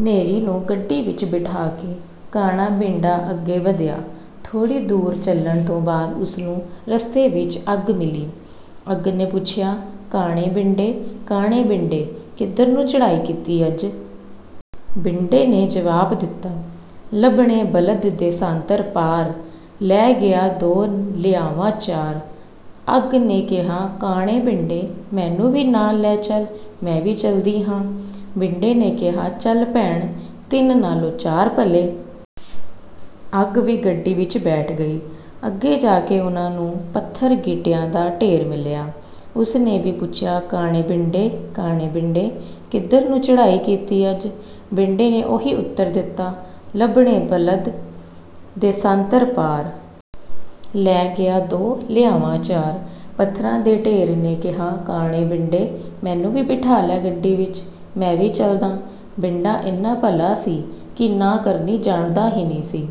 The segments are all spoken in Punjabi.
ਨ੍ਹੇਰੀ ਨੂੰ ਗੱਡੀ ਵਿੱਚ ਬਿਠਾ ਕੇ ਕਾਣਾ ਬੀਂਡਾ ਅੱਗੇ ਵਧਿਆ। ਥੋੜ੍ਹੀ ਦੂਰ ਚੱਲਣ ਤੋਂ ਬਾਅਦ ਉਸ ਨੂੰ ਰਸਤੇ ਵਿੱਚ 'ਅੱਗ' ਮਿਲੀ। ਅੱਗ ਨੇ ਪੁੱਛਿਆ, "ਕਾਣੇ ਬੀਂਡੇ, ਕਾਣੇ ਬੀਂਡੇ! ਕਿੱਧਰ ਨੂੰ ਚੜ੍ਹਾਈ ਕੀਤੀ ਅੱਜ?" ਬੀਂਡੇ ਨੇ ਜਵਾਬ ਦਿੱਤਾ, "ਲੱਭਣੇ ਬਲਦ ਦੇਸਾਂਤਰ ਪਾਰ। ਲੈ ਗਿਆ ਦੋ, ਲਿਆਵਾਂ ਚਾਰ॥" ਅੱਗ ਨੇ ਕਿਹਾ, "ਕਾਣੇ ਬੀਂਡੇ, ਮੈਨੂੰ ਵੀ ਨਾਲ ਲੈ ਚੱਲ, ਮੈਂ ਵੀ ਚੱਲਦੀ ਹਾਂ!" ਬੀਂਡੇ ਨੇ ਕਿਹਾ, "ਚੱਲ ਭੈਣ, ਤਿੰਨ ਨਾਲੋਂ ਚਾਰ ਭਲੇ।" ਅੱਗ ਵੀ ਗੱਡੀ ਵਿੱਚ ਬੈਠ ਗਈ। ਅੱਗੇ ਜਾ ਕੇ ਉਹਨਾਂ ਨੂੰ ਪੱਥਰ-ਗੀਟਿਆਂ ਦਾ ਢੇਰ ਮਿਲਿਆ। ਉਸ ਨੇ ਵੀ ਪੁੱਛਿਆ, "ਕਾਣੇ ਬੀਂਡੇ, ਕਾਣੇ ਬੀਂਡੇ! ਕਿੱਧਰ ਨੂੰ ਚੜ੍ਹਾਈ ਕੀਤੀ ਅੱਜ?" ਬੀਂਡੇ ਨੇ ਉਹੀ ਉੱਤਰ ਦਿੱਤਾ, "ਲੱਭਣੇ ਬਲਦ ਦੇਸਾਂਤਰ ਪਾਰ। ਲੈ ਗਿਆ ਦੋ, ਲਿਆਵਾਂ ਚਾਰ॥" ਪੱਥਰਾਂ ਦੇ ਢੇਰ ਨੇ ਕਿਹਾ, "ਕਾਣੇ ਬੀਂਡੇ, ਮੈਨੂੰ ਵੀ ਬਿਠਾ ਲੈ ਗੱਡੀ ਵਿੱਚ, ਮੈਂ ਵੀ ਚੱਲਦਾਂ!" ਬੀਂਡਾ ਇੰਨਾ ਭਲਾ ਸੀ ਕਿ ਨਾਂਹ ਕਰਨੀ ਜਾਣਦਾ ਹੀ ਨਹੀਂ ਸੀ।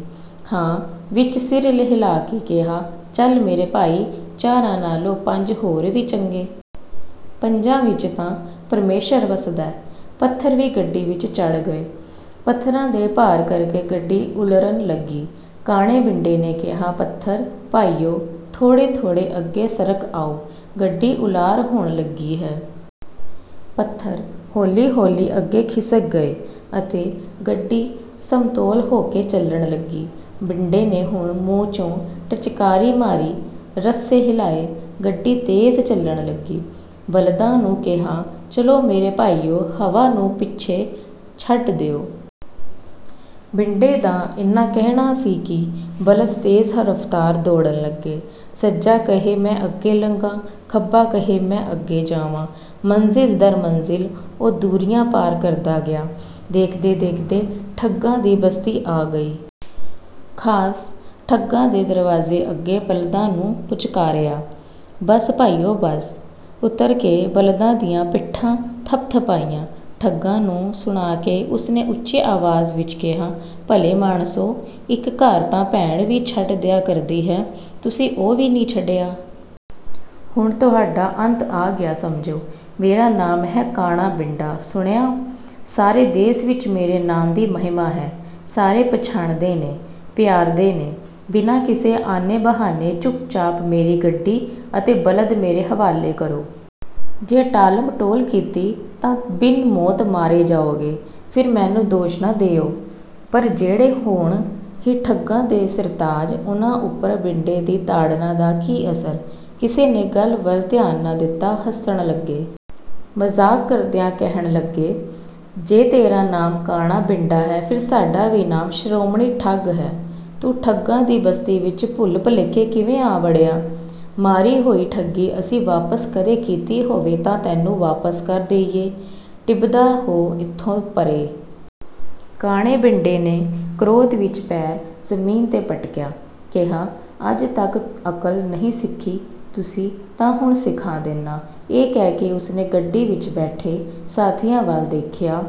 ਹਾਂ ਵਿੱਚ ਸਿਰ ਹਿਲਾ ਕੇ ਕਿਹਾ, "ਚੱਲ ਮੇਰੇ ਭਾਈ, ਚਾਰਾਂ ਨਾਲੋਂ ਪੰਜ ਹੋਰ ਵੀ ਚੰਗੇ। ਪੰਜਾਂ ਵਿੱਚ ਤਾਂ ਪਰਮੇਸ਼ਰ ਵਸਦੈ।" ਪੱਥਰ ਵੀ ਗੱਡੀ ਵਿੱਚ ਚੜ੍ਹ ਗਏ। ਪੱਥਰਾਂ ਦੇ ਭਾਰ ਕਰਕੇ ਗੱਡੀ ਉਲਰਨ ਲੱਗੀ। ਕਾਣੇ ਬੀਂਡੇ ਨੇ ਕਿਹਾ, "ਪੱਥਰ ਭਾਈਓ, ਥੋੜ੍ਹੇ-ਥੋੜ੍ਹੇ ਅੱਗੇ ਸਰਕ ਆਓ, ਗੱਡੀ ਉਲਾਰ ਹੋਣ ਲੱਗੀ ਹੈ।" ਪੱਥਰ ਹੌਲੀ-ਹੌਲੀ ਅੱਗੇ ਖਿਸਕ ਗਏ ਅਤੇ ਗੱਡੀ ਸਮਤੋਲ ਹੋ ਕੇ ਚੱਲਣ ਲੱਗੀ। ਬੀਂਡੇ ਨੇ ਹੁਣ ਮੂੰਹ 'ਚੋਂ ਟਚਕਾਰੀ ਮਾਰੀ, ਰੱਸੇ ਹਿਲਾਏ, ਗੱਡੀ ਤੇਜ਼ ਚੱਲਣ ਲੱਗੀ। ਬਲਦਾਂ ਨੂੰ ਕਿਹਾ, "ਚਲੋ ਮੇਰੇ ਭਾਈਓ, ਹਵਾ ਨੂੰ ਪਿੱਛੇ ਛੱਡ ਦਿਓ!" ਬੀਂਡੇ ਦਾ ਇੰਨਾ ਕਹਿਣਾ ਸੀ ਕਿ ਬਲਦ ਤੇਜ਼ ਰਫ਼ਤਾਰ ਦੌੜਨ ਲੱਗੇ, ਸੱਜਾ ਕਹੇ 'ਮੈਂ ਅੱਗੇ ਲੰਘਾਂ', ਖੱਬਾ ਕਹੇ 'ਮੈਂ ਅੱਗੇ ਜਾਵਾਂ'। ਮੰਜ਼ਿਲ ਦਰ ਮੰਜ਼ਿਲ ਉਹ ਦੂਰੀਆਂ ਪਾਰ ਕਰਦਾ ਗਿਆ। ਦੇਖਦੇ-ਦੇਖਦੇ ਠੱਗਾਂ ਦੀ ਬਸਤੀ ਆ ਗਈ। ਖ਼ਾਸ ਠੱਗਾਂ ਦੇ ਦਰਵਾਜ਼ੇ ਅੱਗੇ ਬਲਦਾਂ ਨੂੰ ਪੁਚਕਾਰਿਆ, "ਬੱਸ ਭਾਈਓ, ਬੱਸ।" ਉੱਤਰ ਕੇ ਬਲਦਾਂ ਦੀਆਂ ਪਿੱਠਾਂ ਥਪਥਪਾਈਆਂ। ਠੱਗਾਂ ਨੂੰ ਸੁਣਾ ਕੇ ਉਸ ਨੇ ਉੱਚੀ ਆਵਾਜ਼ ਵਿੱਚ ਕਿਹਾ, "ਭਲੇ ਮਾਣਸੋ, ਇੱਕ ਘਰ ਤਾਂ ਡੈਣ ਵੀ ਛੱਡ ਦਿਆ ਕਰਦੀ ਹੈ, ਤੁਸੀਂ ਉਹ ਵੀ ਨਹੀਂ ਛੱਡਿਆ! ਹੁਣ ਤੁਹਾਡਾ ਅੰਤ ਆ ਗਿਆ ਸਮਝੋ। ਮੇਰਾ ਨਾਮ ਹੈ ਕਾਣਾ ਬੀਂਡਾ, ਸੁਣਿਆ? ਸਾਰੇ ਦੇਸ ਵਿੱਚ ਮੇਰੇ ਨਾਮ ਦੀ ਮਹਿਮਾ ਹੈ, ਸਾਰੇ ਪਛਾਣਦੇ ਨੇ, ਪਿਆਰਦੇ ਨੇ। ਬਿਨਾਂ ਕਿਸੇ ਆਨੇ-ਬਹਾਨੇ, ਚੁੱਪ-ਚਾਪ ਮੇਰੀ ਗੱਡੀ ਅਤੇ ਬਲਦ ਮੇਰੇ ਹਵਾਲੇ ਕਰੋ। ਜੇ ਟਾਲਮਟੋਲ ਕੀਤੀ ਤਾਂ ਬਿਨ ਮੌਤ ਮਾਰੇ ਜਾਓਗੇ, ਫਿਰ ਮੈਨੂੰ ਦੋਸ਼ ਨਾ ਦੇਇਓ!" ਪਰ ਜਿਹੜੇ ਹੋਣ ਹੀ ਠੱਗਾਂ ਦੇ ਸਿਰਤਾਜ, ਉਹਨਾਂ ਉੱਪਰ ਬੀਂਡੇ ਦੀ ਤਾੜਨਾ ਦਾ ਕੀ ਅਸਰ? ਕਿਸੇ ਨੇ ਗੱਲ ਵੱਲ ਧਿਆਨ ਨਾ ਦਿੱਤਾ, ਹੱਸਣ ਲੱਗੇ। ਮਜ਼ਾਕ ਕਰਦਿਆਂ ਕਹਿਣ ਲੱਗੇ, "ਜੇ ਤੇਰਾ ਨਾਮ ਕਾਣਾ ਬੀਂਡਾ ਹੈ, ਫਿਰ ਸਾਡਾ ਵੀ ਨਾਮ ਸ਼੍ਰੋਮਣੀ ਠੱਗ ਹੈ! ਤੂੰ ਠੱਗਾਂ ਦੀ ਬਸਤੀ ਵਿੱਚ ਭੁੱਲ-ਭੁਲੇਖੇ ਕਿਵੇਂ ਆ ਵੜਿਆ? ਮਾਰੀ ਹੋਈ ਠੱਗੀ ਅਸੀਂ ਵਾਪਸ ਕਦੇ ਕੀਤੀ ਹੋਵੇ ਤਾਂ ਤੈਨੂੰ ਵਾਪਸ ਕਰ ਦੇਈਏ, ਟਿਭਦਾ ਹੋ ਇੱਥੋਂ ਪਰ੍ਹੇ!" ਕਾਣੇ ਬੀਂਡੇ ਨੇ ਕ੍ਰੋਧ ਵਿੱਚ ਪੈਰ ਜ਼ਮੀਨ 'ਤੇ ਪਟਕਿਆ, ਕਿਹਾ, "ਅੱਜ ਤੱਕ ਅਕਲ ਨਹੀਂ ਸਿੱਖੀ ਤੁਸੀਂ ਤਾਂ ਹੁਣ ਸਿਖਾ ਦਿੰਨਾ।" ਇਹ ਕਹਿ ਕੇ ਉਸ ਨੇ ਗੱਡੀ ਵਿੱਚ ਬੈਠੇ ਸਾਥੀਆਂ ਵੱਲ ਦੇਖਿਆ।